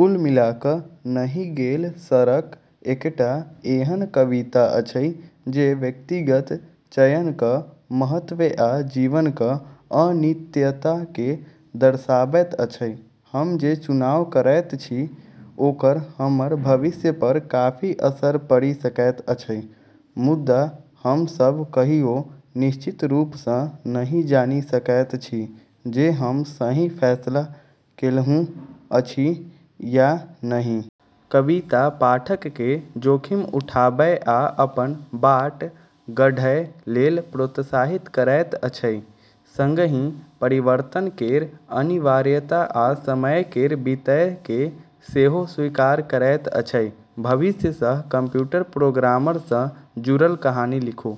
कुल मिला कऽ "नहि गेल सड़क" एकटा एहन कविता अछि जे व्यक्तिगत चयनक महत्व आ जीवनक अनित्यता केँ दर्शाबैत अछि। हम जे चुनाव करैत छी ओकर हमर भविष्य पर काफी असर पड़ि सकैत अछि, मुदा हम सभ कहियो निश्चित रूप सँ नहि जानि सकैत छी जे हम सही फैसला केलहुँ अछि या नहि। कविता पाठक केँ जोखिम उठाबय आ अपन बाट गढ़य लेल प्रोत्साहित करैत अछि, संगहि परिवर्तन केर अनिवार्यता आ समय केर बीतय केँ सेहो स्वीकार करैत अछि। भविष्य सँ कंप्यूटर प्रोग्रामर सँ जुड़ल कहानी लिखू।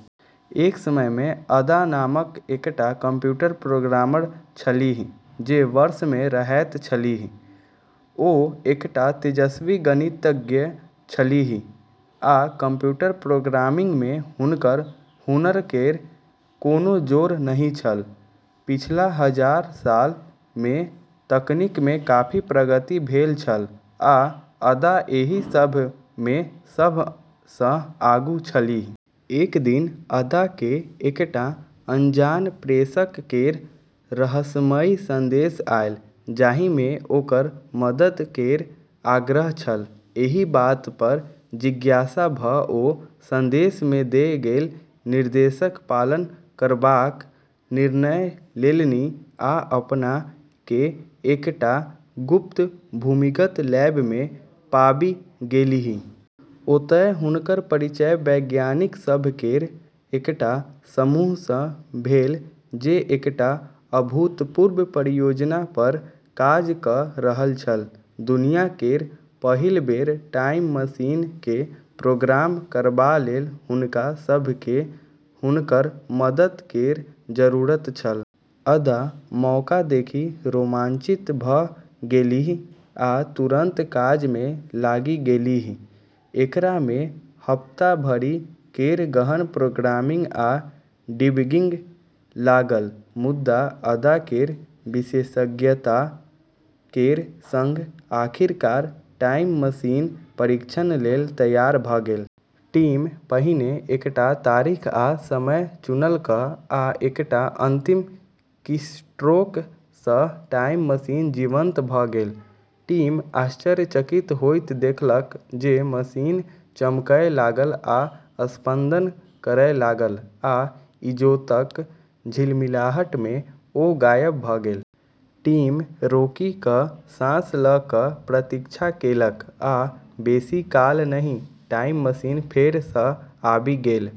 एक समय मे अदा नामक एकटा कंप्यूटर प्रोग्रामर छलीह, जे वर्ष मे रहैत छलीह, ओ एकटा तेजस्वी गणितज्ञ छलीह आ कंप्यूटर प्रोग्रामिंग मे हुनकर हुनर केर कोनो जोड़ नहि छल। पिछला हजार साल मे तकनीक मे काफी प्रगति भेल छल, आ अदा एहि सभ मे सब सँ आगू छलीह। एक दिन अदा केँ एकटा अनजान प्रेषक केर रहस्यमयी संदेश आयल, जाहि मे ओकर मदद केर आग्रह छल। एहि बात पर जिज्ञासा भऽ ओ संदेश मे देल गेल निर्देशक पालन करबाक निर्णय लेलनि आ अपना केँ एकटा गुप्त भूमिगत लैब मे पाबि गेलीह। ओतय हुनकर परिचय वैज्ञानिक सभ केर एकटा समूह सँ भेल जे एकटा अभूतपूर्व परियोजना पर काज कऽ रहल छल। दुनिया केर पहिल बेर टाइम मशीन केँ प्रोग्राम करबा लेल हुनका सभ केँ हुनकर मदद केर जरूरत छल। अदा मौका देखि रोमांचित भऽ गेलीह आ तुरंत काज मे लागि गेलीह। एकरा मे हप्ता भरि केर गहन प्रोग्रामिंग आ डिबगिंग लागल, मुदा अदा केर विशेषज्ञता केर संग आखिरकार टाइम मशीन परीक्षण लेल तैयार भऽ गेल। टीम पहिने एकटा तारीख आ समय चुनलक, आ एकटा अंतिम कीस्ट्रोक सँ टाइम मशीन जीवंत भऽ गेल। टीम आश्चर्यचकित होइत देखलक जे मशीन चमकय लागल आ स्पंदन करय लागल आ इजोतक झिलमिलाहट मे ओ गायब भऽ गेल। टीम रोकि कऽ साँस लऽ कऽ प्रतीक्षा केलक, आ बेसी काल नहि, टाइम मशीन फेर सँ आबि गेल।